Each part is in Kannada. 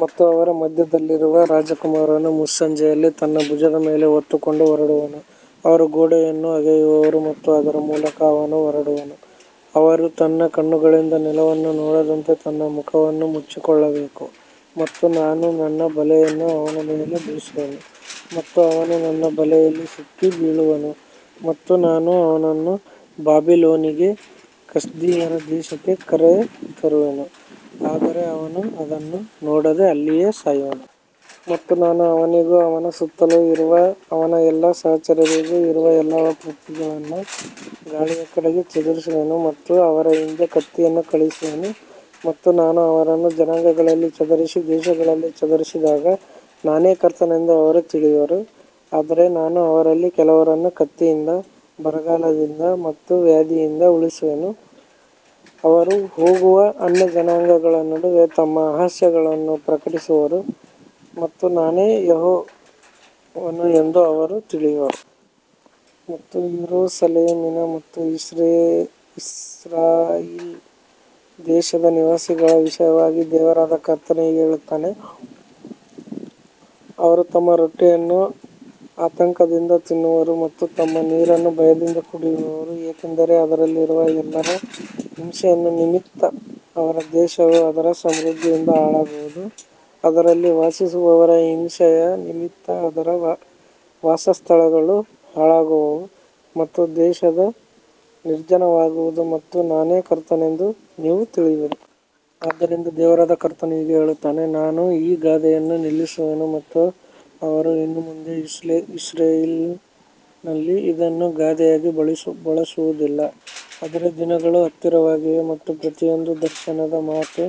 ಮತ್ತು ಅವರ ಮಧ್ಯದಲ್ಲಿರುವ ರಾಜಕುಮಾರನು ಮುಸ್ಸಂಜೆಯಲ್ಲಿ ತನ್ನ ಭುಜದ ಮೇಲೆ ಹೊತ್ತುಕೊಂಡು ಹೊರಡುವನು, ಅವರು ಗೋಡೆಯನ್ನು ಅಗೆಯುವರು ಮತ್ತು ಅದರ ಮೂಲಕ ಅವನು ಹೊರಡುವನು. ಅವನು ತನ್ನ ಕಣ್ಣುಗಳಿಂದ ನೆಲವನ್ನು ನೋಡದಂತೆ ತನ್ನ ಮುಖವನ್ನು ಮುಚ್ಚಿಕೊಳ್ಳಬೇಕು. ಮತ್ತು ನಾನು ನನ್ನ ಬಲೆಯನ್ನು ಅವನ ಮೇಲೆ ಬೀಸುವೆನು ಮತ್ತು ಅವನು ನನ್ನ ಬಲೆಯಲ್ಲಿ ಸಿಕ್ಕಿಬೀಳುವನು ಮತ್ತು ನಾನು ಅವನನ್ನು ಬಾಬಿಲೋನಿಗೆ ಕಸ್ದೀಯರ ದೇಶಕ್ಕೆ ಕರೆತರುವೆನು, ಆದರೆ ಅವನು ಅದನ್ನು ನೋಡದೆ ಅಲ್ಲಿಯೇ ಸಾಯುವನು. ಮತ್ತು ನಾನು ಅವನಿಗೂ ಅವನ ಸುತ್ತಲೂ ಇರುವ ಅವನ ಎಲ್ಲಾ ಸಹಚರರಿಗೂ ಇರುವ ಎಲ್ಲವನ್ನೂ ಪ್ರತಿ ಗಾಳಿಯ ಕಡೆಗೆ ಚದುರಿಸುವೆನು ಮತ್ತು ಅವರ ಹಿಂದೆ ಕತ್ತಿಯನ್ನು ಕಳುಹಿಸುವೆನು. ಮತ್ತು ನಾನು ಅವರನ್ನು ಜನಾಂಗಗಳಲ್ಲಿ ಚದರಿಸಿ ದೇಶಗಳಲ್ಲಿ ಚದುರಿಸಿದಾಗ ನಾನೇ ಕರ್ತನೆಂದು ಅವರು ತಿಳಿಯುವರು. ಆದರೆ ನಾನು ಅವರಲ್ಲಿ ಕೆಲವರನ್ನು ಕತ್ತಿಯಿಂದ, ಬರಗಾಲದಿಂದ ಮತ್ತು ವ್ಯಾಧಿಯಿಂದ ಉಳಿಸುವೆನು, ಅವರು ಹೋಗುವ ಅನ್ಯಜನಾಂಗಗಳ ನಡುವೆ ತಮ್ಮ ಅಸಹ್ಯಗಳನ್ನು ಪ್ರಕಟಿಸುವರು ಮತ್ತು ನಾನೇ ಯೆಹೋವನು ಎಂದು ಅವರು ತಿಳಿಯುವರು. ಮತ್ತು ಯೆರೂಸಲೇಮಿನ ಮತ್ತು ಇಸ್ರಾಯೇಲ್ ದೇಶದ ನಿವಾಸಿಗಳ ವಿಷಯವಾಗಿ ದೇವರಾದ ಕರ್ತನು ಹೀಗೆ ಹೇಳುತ್ತಾನೆ, ಅವರು ತಮ್ಮ ರೊಟ್ಟಿಯನ್ನು ಆತಂಕದಿಂದ ತಿನ್ನುವರು ಮತ್ತು ತಮ್ಮ ನೀರನ್ನು ಭಯದಿಂದ ಕುಡಿಯುವರು, ಏಕೆಂದರೆ ಅದರಲ್ಲಿರುವ ಎಲ್ಲರ ಹಿಂಸೆಯ ನಿಮಿತ್ತ ಅವರ ದೇಶವು ಅದರ ಸಮೃದ್ಧಿಯಿಂದ ಹಾಳಾಗುವುದು. ಅದರಲ್ಲಿ ವಾಸಿಸುವವರ ಹಿಂಸೆಯ ನಿಮಿತ್ತ ಅದರ ವಾಸಸ್ಥಳಗಳು ಹಾಳಾಗುವವು ಮತ್ತು ದೇಶವು ನಿರ್ಜನವಾಗುವುದು ಮತ್ತು ನಾನೇ ಕರ್ತನೆಂದು ನೀವು ತಿಳಿಯುವಿರಿ. ಆದ್ದರಿಂದ ದೇವರಾದ ಕರ್ತನು ಹೀಗೆ ಹೇಳುತ್ತಾನೆ, ನಾನು ಈ ಗಾದೆಯನ್ನು ನಿಲ್ಲಿಸುವೆನು ಮತ್ತು ಅವರು ಇನ್ನು ಮುಂದೆ ಇಸ್ರಾಯೇಲಿನಲ್ಲಿ ಇದನ್ನು ಗಾದೆಯಾಗಿ ಬಳಸುವುದಿಲ್ಲ. ಆದರೆ ದಿನಗಳು ಹತ್ತಿರವಾಗಿವೆ ಮತ್ತು ಪ್ರತಿಯೊಂದು ದರ್ಶನದ ಮಾತು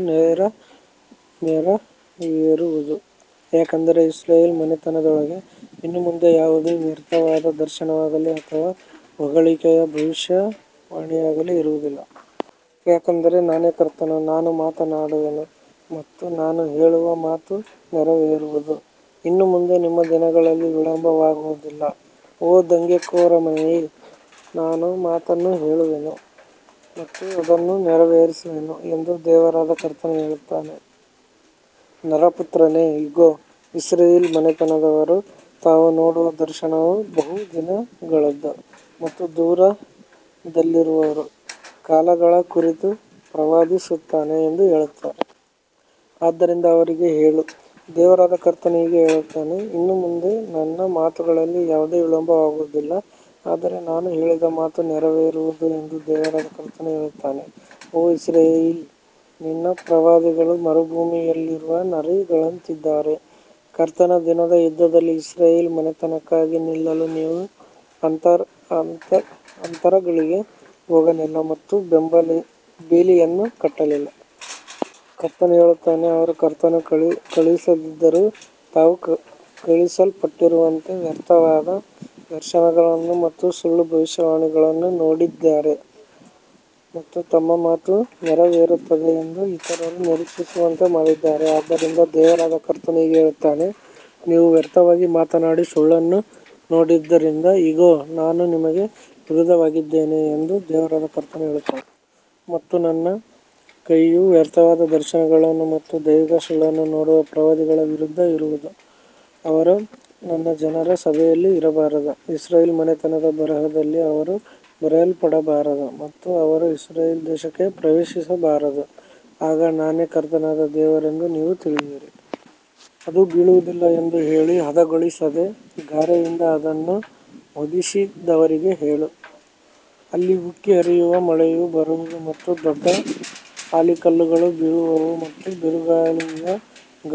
ನೆರವೇರುವುದು. ಯಾಕಂದರೆ ಇಸ್ರಾಯೇಲ್ ಮನೆತನದೊಳಗೆ ಇನ್ನು ಮುಂದೆ ಯಾವುದೇ ವ್ಯರ್ಥವಾದ ದರ್ಶನವಾಗಲಿ ಅಥವಾ ಹೊಗಳಿಕೆಯ ಭವಿಷ್ಯವಾಣಿಯಾಗಲಿ ಇರುವುದಿಲ್ಲ. ಯಾಕಂದರೆ ನಾನೇ ಕರ್ತನು, ನಾನು ಮಾತನಾಡುವೆನು ಮತ್ತು ನಾನು ಹೇಳುವ ಮಾತು ನೆರವೇರುವುದು. ಇನ್ನು ಮುಂದೆ ನಿಮ್ಮ ದಿನಗಳಲ್ಲಿ ವಿಳಂಬವಾಗುವುದಿಲ್ಲ, ಓ ದಂಗೆಕೋರ ಮನೆಯೇ, ನಾನು ಮಾತನ್ನು ಹೇಳುವೆನು ಮತ್ತು ಅದನ್ನು ನೆರವೇರಿಸುವೆನು ಎಂದು ದೇವರಾದ ಕರ್ತನು ಹೇಳುತ್ತಾನೆ. ನರಪುತ್ರನೇ, ಇಗೋ, ಇಸ್ರಾಯೇಲ್ ಮನೆತನದವರು, ತಾವು ನೋಡುವ ದರ್ಶನವು ಬಹುದಿನಗಳದ್ದು ಮತ್ತು ದೂರದಲ್ಲಿರುವ ಕಾಲಗಳ ಕುರಿತು ಪ್ರವಾದಿಸುತ್ತಾನೆ ಎಂದು ಹೇಳುತ್ತಾರೆ. ಆದ್ದರಿಂದ ಅವರಿಗೆ ಹೇಳು, ದೇವರಾದ ಕರ್ತನು ಹೀಗೆ ಹೇಳುತ್ತಾನೆ, ಇನ್ನು ಮುಂದೆ ನನ್ನ ಮಾತುಗಳಲ್ಲಿ ಯಾವುದೂ ವಿಳಂಬವಾಗುವುದಿಲ್ಲ, ಆದರೆ ನಾನು ಹೇಳಿದ ಮಾತು ನೆರವೇರುವುದು ಎಂದು ದೇವರಾದ ಕರ್ತನು ಹೇಳುತ್ತಾನೆ. ಓ ಇಸ್ರಾಯೇಲೇ, ನಿನ್ನ ಪ್ರವಾದಿಗಳು ಮರುಭೂಮಿಯಲ್ಲಿರುವ ನರಿಗಳಂತಿದ್ದಾರೆ. ಕರ್ತನ ದಿನದ ಯುದ್ಧದಲ್ಲಿ ಇಸ್ರಾಯೇಲ್ ಮನೆತನಕ್ಕಾಗಿ ನಿಲ್ಲಲು ನೀವು ಅಂತರಗಳಿಗೆ ಹೋಗಲಿಲ್ಲ ಮತ್ತು ಬೇಲಿಯನ್ನು ಕಟ್ಟಲಿಲ್ಲ. ಕರ್ತನು ಹೇಳುತ್ತಾನೆ, ಅವರು ಕರ್ತನು ಕಳುಹಿಸದಿದ್ದರೂ ತಾವು ಕಳುಹಿಸಲ್ಪಟ್ಟವರಂತೆ ವ್ಯರ್ಥವಾದ ದರ್ಶನಗಳನ್ನು ಮತ್ತು ಸುಳ್ಳು ಭವಿಷ್ಯವಾಣಿಗಳನ್ನು ನೋಡಿದ್ದಾರೆ ಮತ್ತು ತಮ್ಮ ಮಾತು ನೆರವೇರುತ್ತದೆ ಎಂದು ಇತರರು ನಿರೀಕ್ಷಿಸುವಂತೆ ಮಾಡಿದ್ದಾರೆ. ಆದ್ದರಿಂದ ದೇವರಾದ ಕರ್ತನು ಹೀಗೆ ಹೇಳುತ್ತಾನೆ, ನೀವು ವ್ಯರ್ಥವಾಗಿ ಮಾತನಾಡಿ ಸುಳ್ಳನ್ನು ನೋಡಿದ್ದರಿಂದ, ಇಗೋ, ನಾನು ನಿಮಗೆ ವಿರುದ್ಧವಾಗಿದ್ದೇನೆ ಎಂದು ದೇವರಾದ ಕರ್ತನು ಹೇಳುತ್ತಾನೆ. ಮತ್ತು ನನ್ನ ಕೈಯು ವ್ಯರ್ಥವಾದ ದರ್ಶನಗಳನ್ನು ಮತ್ತು ದೈವಿಕ ಸುಳ್ಳನ್ನು ನೋಡುವ ಪ್ರವಾದಿಗಳ ವಿರುದ್ಧ ಇರುವುದು. ಅವರು ನನ್ನ ಜನರ ಸಭೆಯಲ್ಲಿ ಇರಬಾರದು, ಇಸ್ರಾಯೇಲ್ ಮನೆತನದ ಬರಹದಲ್ಲಿ ಅವರು ಬರೆಯಲ್ಪಡಬಾರದು ಮತ್ತು ಅವರು ಇಸ್ರಾಯೇಲ್ ದೇಶಕ್ಕೆ ಪ್ರವೇಶಿಸಬಾರದು. ಆಗ ನಾನೇ ಕರ್ತನಾದ ದೇವರೆಂದು ನೀವು ತಿಳಿಯುವಿರಿ. ಅದು ಬೀಳುವುದಿಲ್ಲ ಎಂದು ಹೇಳಿ ಹದಗೊಳಿಸದ ಗಾರೆಯಿಂದ ಅದನ್ನು ಹೊದಿಸಿದವರಿಗೆ ಹೇಳು, ಅಲ್ಲಿ ಉಕ್ಕಿ ಹರಿಯುವ ಮಳೆಯು ಬರುವುದು ಮತ್ತು ದೊಡ್ಡ ಆಲಿಕಲ್ಲುಗಳು ಬೀಳುವವು ಮತ್ತು ಬಿರುಗಾಳಿಯ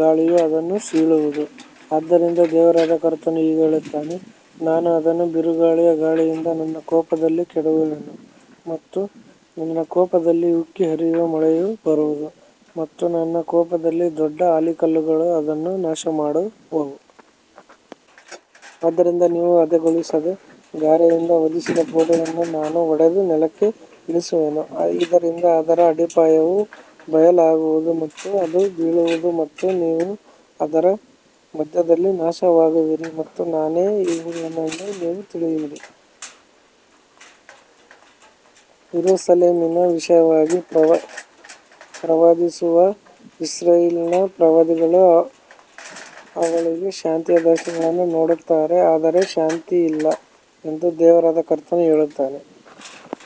ಗಾಳಿಯು ಅದನ್ನು ಸೀಳುವುದು. ಆದ್ದರಿಂದ ದೇವರಾದ ಕರ್ತನು ಹೀಗೆ ಹೇಳುತ್ತಾನೆ, ನಾನು ಅದನ್ನು ಬಿರುಗಾಳಿಯ ಗಾಳಿಯಿಂದ ನನ್ನ ಕೋಪದಲ್ಲಿ ಕೆಡವುವೆನು ಮತ್ತು ನನ್ನ ಕೋಪದಲ್ಲಿ ಉಕ್ಕಿ ಹರಿಯುವ ಮಳೆಯು ಬರುವುದು ಮತ್ತು ನನ್ನ ಕೋಪದಲ್ಲಿ ದೊಡ್ಡ ಆಲಿಕಲ್ಲುಗಳು ಅದನ್ನು ನಾಶಮಾಡುವವು. ಆದ್ದರಿಂದ ನೀವು ಹದಗೊಳಿಸದ ಗಾರೆಯಿಂದ ಹೊದಿಸಿದ ಗೋಡೆಯನ್ನು ನಾನು ಒಡೆದು ನೆಲಕ್ಕೆ ಇಳಿಸುವೆನು, ಇದರಿಂದ ಅದರ ಅಡಿಪಾಯವು ಬಯಲಾಗುವುದು ಮತ್ತು ಅದು ಬೀಳುವುದು ಮತ್ತು ನೀವು ಅದರ ಮಧ್ಯದಲ್ಲಿ ನಾಶವಾಗುವಿರಿ ಮತ್ತು ನಾನೇ ಯೆಹೋವನೆಂದು ನೀವು ತಿಳಿಯುವಿರಿ. ಯೆರೂಸಲೇಮಿನ ವಿಷಯವಾಗಿ ಪ್ರವಾದಿಸುವ ಇಸ್ರಾಯೇಲಿನ ಪ್ರವಾದಿಗಳು ಅವಳಿಗೆ ಶಾಂತಿಯ ದರ್ಶನಗಳನ್ನು ನೋಡುತ್ತಾರೆ, ಆದರೆ ಶಾಂತಿಯಿಲ್ಲ ಎಂದು ದೇವರಾದ ಕರ್ತನು ಹೇಳುತ್ತಾನೆ.